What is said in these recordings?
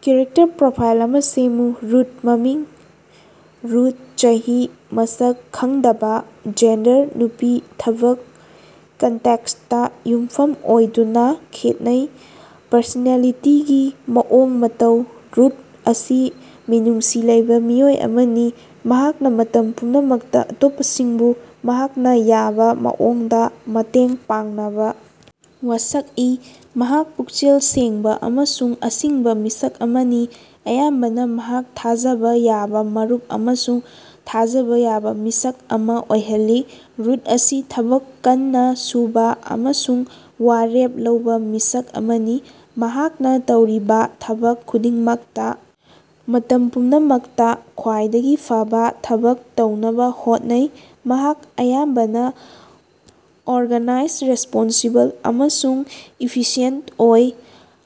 Character profile ꯑꯃ ꯁꯦꯝꯃꯨ꯫ Root. ꯃꯃꯤꯡ: ꯔꯨꯠ, ꯆꯍꯤ: ꯃꯁꯛ ꯈꯪꯗꯕꯥ, ꯖꯦꯟꯗꯔ: ꯅꯨꯄꯤ ,ꯊꯕꯛ: ꯀꯟꯇꯦꯛꯁꯇꯥ ꯌꯨꯝꯐꯝ ꯑꯣꯏꯗꯨꯅꯥ ꯈꯦꯠꯅꯩ ꯄꯔꯁꯣꯅꯦꯂꯤꯇꯤꯒꯤ ꯃꯑꯣꯡ-ꯃꯇꯧ: ꯔꯨꯠ ꯑꯁꯤ ꯃꯤꯅꯨꯡꯁꯤ ꯂꯩꯕꯥ ꯃꯤꯑꯣꯏ ꯑꯃꯅꯤ꯫ ꯃꯍꯥꯛꯅꯥ ꯃꯇꯝ ꯄꯨꯝꯅꯃꯛꯇꯥ ꯑꯇꯣꯞꯄꯁꯤꯡꯕꯨ ꯃꯍꯥꯛꯅ ꯌꯥꯕꯥ ꯃꯑꯣꯡꯗꯥ ꯃꯇꯦꯡ ꯄꯥꯡꯅꯕꯥ ꯋꯥꯁꯛꯏ꯫ ꯃꯍꯥꯛ ꯄꯨꯛꯆꯦꯜ ꯁꯦꯡꯕꯥ ꯑꯃꯁꯨꯡ ꯑꯁꯤꯡꯕꯥ ꯃꯤꯁꯛ ꯑꯃꯅꯤ, ꯑꯌꯥꯝꯕꯅꯥ ꯃꯍꯥꯛ ꯊꯥꯖꯕꯥ ꯌꯥꯕꯥ ꯃꯔꯨꯞ ꯑꯃꯁꯨꯡ ꯊꯥꯖꯕꯥ ꯌꯥꯕꯥ ꯃꯤꯁꯛ ꯑꯃ ꯑꯣꯏꯍꯜꯂꯤ꯫ ꯔꯨꯠ ꯑꯁꯤ ꯊꯕꯛ ꯀꯟꯅꯥ ꯁꯨꯕꯥ ꯑꯃꯁꯨꯡ ꯋꯥꯔꯦꯞ ꯂꯧꯕꯥ ꯃꯤꯁꯛ ꯑꯃꯅꯤ, ꯃꯍꯥꯛꯅ ꯇꯧꯔꯤꯕꯥ ꯊꯕꯛ ꯈꯨꯗꯤꯡꯃꯛꯇꯥ ꯃꯇꯝ ꯄꯨꯝꯅꯃꯛꯇꯥ ꯈ꯭ꯋꯥꯏꯗꯒꯤ ꯐꯕꯥ ꯊꯕꯛ ꯇꯧꯅꯕꯥ ꯍꯣꯠꯅꯩ꯫ ꯃꯍꯥꯛ ꯑꯌꯥꯝꯕꯅꯥ ꯑꯣꯔꯒꯥꯅꯥꯏꯖ, ꯔꯦꯁꯄꯣꯟꯁꯤꯕꯜ ꯑꯃꯁꯨꯡ ꯏꯐꯤꯁꯤꯑꯦꯟ ꯑꯣꯏ꯫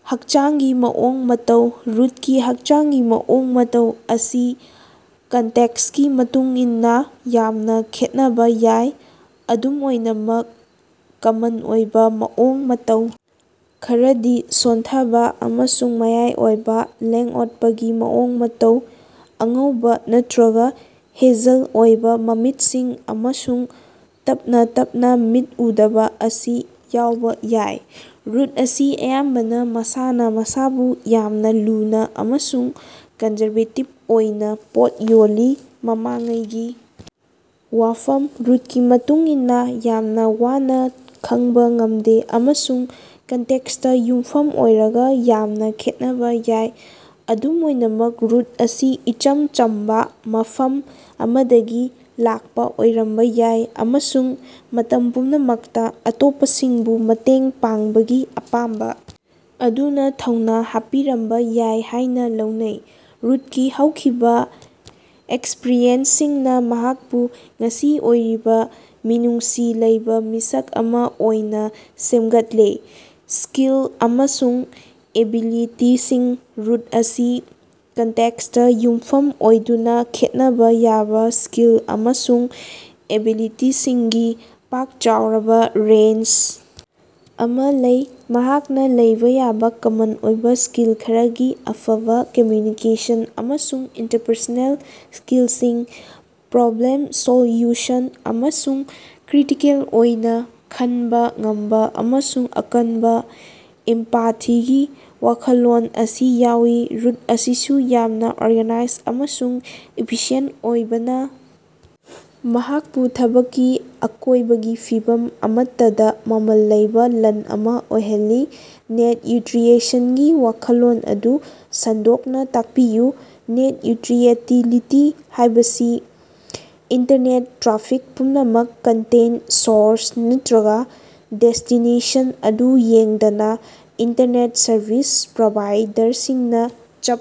ꯍꯛꯆꯥꯡꯒꯤ ꯃꯑꯣꯡ ꯃꯇꯧ: ꯔꯨꯠꯀꯤ ꯍꯛꯆꯥꯡꯒꯤ ꯃꯑꯣꯡ ꯃꯇꯧ ꯑꯁꯤ ꯀꯟꯇꯦꯛꯁꯀꯤ ꯃꯇꯨꯡ ꯏꯟꯅꯥ ꯌꯥꯝꯅꯥ ꯈꯦꯠꯅꯕꯥ ꯌꯥꯏ꯫ ꯑꯗꯨꯝ ꯑꯣꯏꯅꯃꯛ, ꯀꯃꯟ ꯑꯣꯏꯕꯥ ꯃꯑꯣꯡ-ꯃꯇꯧ ꯈꯔꯗꯤ ꯁꯣꯟꯊꯕꯥ ꯑꯃꯁꯨꯡ ꯃꯌꯥꯏ ꯑꯣꯏꯕꯥ ꯂꯦꯡ-ꯑꯣꯠꯄꯒꯤ ꯃꯑꯣꯡ-ꯃꯇꯧ, ꯑꯉꯧꯕꯥ ꯅꯠꯇ꯭ꯔꯒꯥ ꯍꯦꯖꯜ ꯑꯣꯏꯕꯥ ꯃꯃꯤꯠꯁꯤꯡ ꯑꯃꯁꯨꯡ ꯇꯞꯅꯥ ꯇꯞꯅꯥ ꯃꯤꯠ ꯎꯗꯕꯥ ꯑꯁꯤ ꯌꯥꯎꯕ ꯌꯥꯏ꯫ ꯔꯨꯠ ꯑꯁꯤ ꯑꯌꯥꯝꯕꯅꯥ ꯃꯁꯥꯅꯥ ꯃꯁꯥꯕꯨ ꯌꯥꯝꯅ ꯂꯨꯅꯥ ꯑꯃꯁꯨꯡ ꯀꯟꯖꯔꯕꯦꯇꯤꯕ ꯑꯣꯏꯅ ꯄꯣꯠ ꯌꯣꯜꯂꯤ꯫ ꯃꯃꯥꯡꯉꯩꯒꯤ ꯋꯥꯐꯝ: ꯔꯨꯠꯀꯤ ꯃꯇꯨꯡ ꯏꯟꯅꯥ ꯌꯥꯝꯅꯥ ꯋꯥꯅꯥ ꯈꯪꯕꯥ ꯉꯝꯗꯦ ꯑꯃꯁꯨꯡ ꯀꯟꯇꯦꯛꯁꯇꯥ ꯌꯨꯝꯐꯝ ꯑꯣꯏꯔꯒꯥ ꯌꯥꯝꯅꯥ ꯈꯦꯠꯅꯕꯥ ꯌꯥꯏ꯫ ꯑꯗꯨꯝ ꯑꯣꯏꯅꯃꯛ, ꯔꯨꯠ ꯑꯁꯤ ꯏꯆꯝ ꯆꯝꯕꯥ ꯃꯐꯝ ꯑꯃꯗꯒꯤ ꯂꯥꯛꯄꯥ ꯑꯣꯏꯔꯝꯕꯥ ꯌꯥꯏ ꯑꯃꯁꯨꯡ ꯃꯇꯝ ꯄꯨꯝꯅꯃꯛꯇꯥ ꯑꯇꯣꯞꯄꯁꯤꯡꯕꯨ ꯃꯇꯦꯡ ꯄꯥꯡꯕꯒꯤ ꯑꯄꯥꯝꯕꯥ ꯑꯗꯨꯅꯥ ꯊꯧꯅꯥ ꯍꯥꯞꯄꯤꯔꯝꯕꯥ ꯌꯥꯏ ꯍꯥꯏꯅ ꯂꯧꯅꯩ꯫ ꯔꯨꯠꯀꯤ ꯍꯧꯈꯤꯕꯥ ꯑꯦꯛꯁꯄꯔꯤꯌꯦꯟꯁꯁꯤꯡꯅꯥ ꯃꯍꯥꯛꯄꯨ ꯉꯁꯤ ꯑꯣꯏꯔꯤꯕꯥ ꯃꯤꯅꯨꯡꯁꯤ ꯂꯩꯕꯥ ꯃꯤꯁꯛ ꯑꯃ ꯑꯣꯏꯅꯥ ꯁꯦꯝꯒꯠꯂꯦ꯫ ꯁ꯭ꯀꯤꯜ ꯑꯃꯁꯨꯡ ꯑꯦꯕꯤꯂꯤꯇꯤꯁꯤꯡ: ꯔꯨꯠ ꯑꯁꯤ ꯀꯟꯇꯦꯛꯁꯇꯥ ꯌꯨꯝꯐꯝ ꯑꯣꯏꯗꯨꯅꯥ ꯈꯦꯠꯅꯕꯥ ꯌꯥꯕ ꯁ꯭ꯀꯤꯜ ꯑꯃꯁꯨꯡ ꯑꯦꯕꯤꯂꯤꯇꯤꯁꯤꯡꯒꯤ ꯄꯥꯛ-ꯆꯥꯎꯔꯕꯥ ꯔꯦꯟꯖ ꯑꯃ ꯂꯩ꯫ ꯃꯍꯥꯛꯅꯥ ꯂꯩꯕꯥ ꯌꯥꯕꯥ ꯀꯃꯟ ꯑꯣꯏꯕ ꯁ꯭ꯀꯤꯜ ꯈꯔꯗꯤ ꯑꯐꯕꯥ ꯀꯝꯃ꯭ꯌꯨꯅꯤꯀꯦꯁꯟ ꯑꯃꯁꯨꯡ ꯏꯟꯇꯔꯄꯔꯁꯣꯅꯦꯜ ꯁ꯭ꯀꯤꯜꯁꯤꯡ, ꯄ꯭ꯔꯣꯕ꯭ꯂꯦꯝ-ꯁꯣꯜꯌꯨꯁꯟ ꯑꯃꯁꯨꯡ ꯀ꯭ꯔꯤꯇꯤꯀꯦꯜ ꯑꯣꯏꯅ ꯈꯟꯕꯥ ꯉꯝꯕꯥ, ꯑꯃꯁꯨꯡ ꯑꯀꯟꯕꯥ ꯏꯝꯄꯥꯊꯤꯒꯤ ꯋꯥꯈꯜꯂꯣꯟ ꯑꯁꯤ ꯌꯥꯎꯏ꯫ ꯔꯨꯠ ꯑꯁꯤꯁꯨ ꯌꯥꯝꯅꯥ ꯑꯣꯔꯒꯅꯥꯏꯖ ꯑꯃꯁꯨꯡ ꯏꯐꯤꯁꯤꯌꯦꯟ ꯑꯣꯏꯕꯅꯥ ꯃꯍꯥꯛꯄꯨ ꯊꯕꯛꯀꯤ ꯑꯀꯣꯏꯕꯒꯤ ꯐꯤꯚꯝ ꯑꯃꯠꯇꯗꯥ ꯃꯃꯜ ꯂꯩꯕꯥ ꯂꯟ ꯑꯃ ꯑꯣꯏꯍꯜꯂꯤ꯫ ꯅꯦꯠ ꯅ꯭ꯌꯨꯇ꯭ꯔꯤꯁꯟꯒꯤ ꯋꯥꯈꯜꯂꯣꯟ ꯑꯗꯨ ꯁꯟꯗꯣꯛꯅꯥ ꯇꯥꯛꯄꯤꯌꯨ꯫ ꯅꯦꯠ ꯅ꯭ꯌꯨꯇ꯭ꯔꯤꯑꯦꯂꯤꯇꯤ ꯍꯥꯏꯕꯁꯤ ꯏꯟꯇꯔꯅꯦꯠ ꯇ꯭ꯔꯥꯐꯤꯛ ꯄꯨꯝꯅꯃꯛ ꯀꯟꯇꯦꯟ, ꯁꯣꯔꯁ, ꯅꯠꯇ꯭ꯔꯒꯥ ꯗꯦꯁꯇꯤꯅꯦꯁꯟ ꯑꯗꯨ ꯌꯦꯡꯗꯅꯥ ꯏꯟꯇꯔꯅꯦꯠ ꯁꯔꯚꯤꯁ ꯄ꯭ꯔꯣꯚꯥꯏꯗꯔꯁꯤꯡ ꯅꯥ ꯆꯞ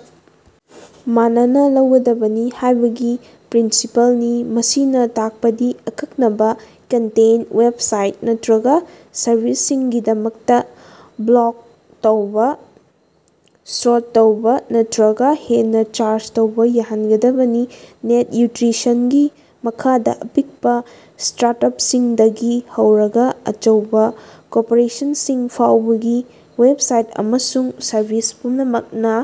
ꯃꯥꯟꯅꯅꯥ ꯂꯧꯒꯗꯕꯅꯤ ꯍꯥꯏꯕꯒꯤ ꯄ꯭ꯔꯤꯟꯁꯤꯄꯜꯅꯤ꯫ ꯃꯁꯤꯅꯥ ꯇꯥꯛꯄꯗꯤ ꯑꯀꯛꯅꯕꯥ ꯀꯟꯇꯦꯟ, ꯋꯦꯕꯁꯥꯏꯠ ꯅꯠꯇ꯭ꯔꯒꯥ ꯁꯔꯚꯤꯁꯁꯤꯡꯒꯤꯗꯃꯛꯇꯥ ꯕ꯭ꯂꯣꯛ ꯇꯧꯕꯥ, ꯁ꯭ꯂꯣꯗ ꯇꯧꯕꯥ ꯅꯠꯇ꯭ꯔꯒꯥ ꯍꯦꯟꯅꯥ ꯆꯥꯔꯖ ꯇꯧꯕꯥ ꯌꯥꯍꯟꯒꯗꯕꯅꯤ꯫ ꯅꯦꯠ ꯅ꯭ꯌꯨꯇ꯭ꯔꯤꯁꯟꯒꯤ ꯃꯈꯥꯗꯥ, ꯑꯄꯤꯛꯄꯥ ꯁ꯭ꯇꯥꯔꯠꯑꯞꯁꯤꯡꯗꯒꯤ ꯍꯧꯔꯒꯥ ꯑꯆꯧꯕꯥ ꯀꯣꯔꯄꯣꯔꯦꯁꯟꯁꯤꯡ ꯐꯥꯎꯕꯒꯤ ꯋꯦꯕꯁꯥꯏꯠ ꯑꯃꯁꯨꯡ ꯁꯔꯚꯤꯁ ꯄꯨꯝꯅꯃꯛꯅꯥ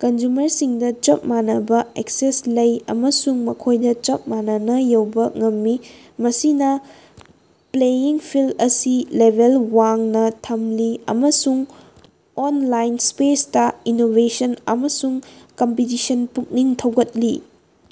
ꯀꯟꯖꯨꯃꯔꯁꯤꯡꯗꯥ ꯆꯞ ꯃꯥꯟꯅꯕꯥ ꯑꯦꯛꯁꯦꯁ ꯂꯩ ꯑꯃꯁꯨꯡ ꯃꯈꯣꯏꯗꯥ ꯆꯞ ꯃꯥꯟꯅꯅꯥ ꯌꯧꯕꯥ ꯉꯝꯃꯤ꯫ ꯃꯁꯤꯅꯥ ꯄ꯭ꯂꯦꯌꯤꯡ ꯐꯤꯜꯑꯁꯤ ꯂꯦꯚꯦꯜ ꯋꯥꯡꯅꯥ ꯊꯝꯂꯤ ꯑꯃꯁꯨꯡ ꯑꯣꯟꯂꯥꯏꯟ ꯁ꯭ꯄꯦꯁꯇꯥ ꯏꯅꯣꯕꯦꯁꯟ ꯑꯃꯁꯨꯡ ꯀꯝꯄꯤꯇꯤꯁꯟ ꯄꯨꯛꯅꯤꯡ ꯊꯧꯒꯠꯂꯤ꯫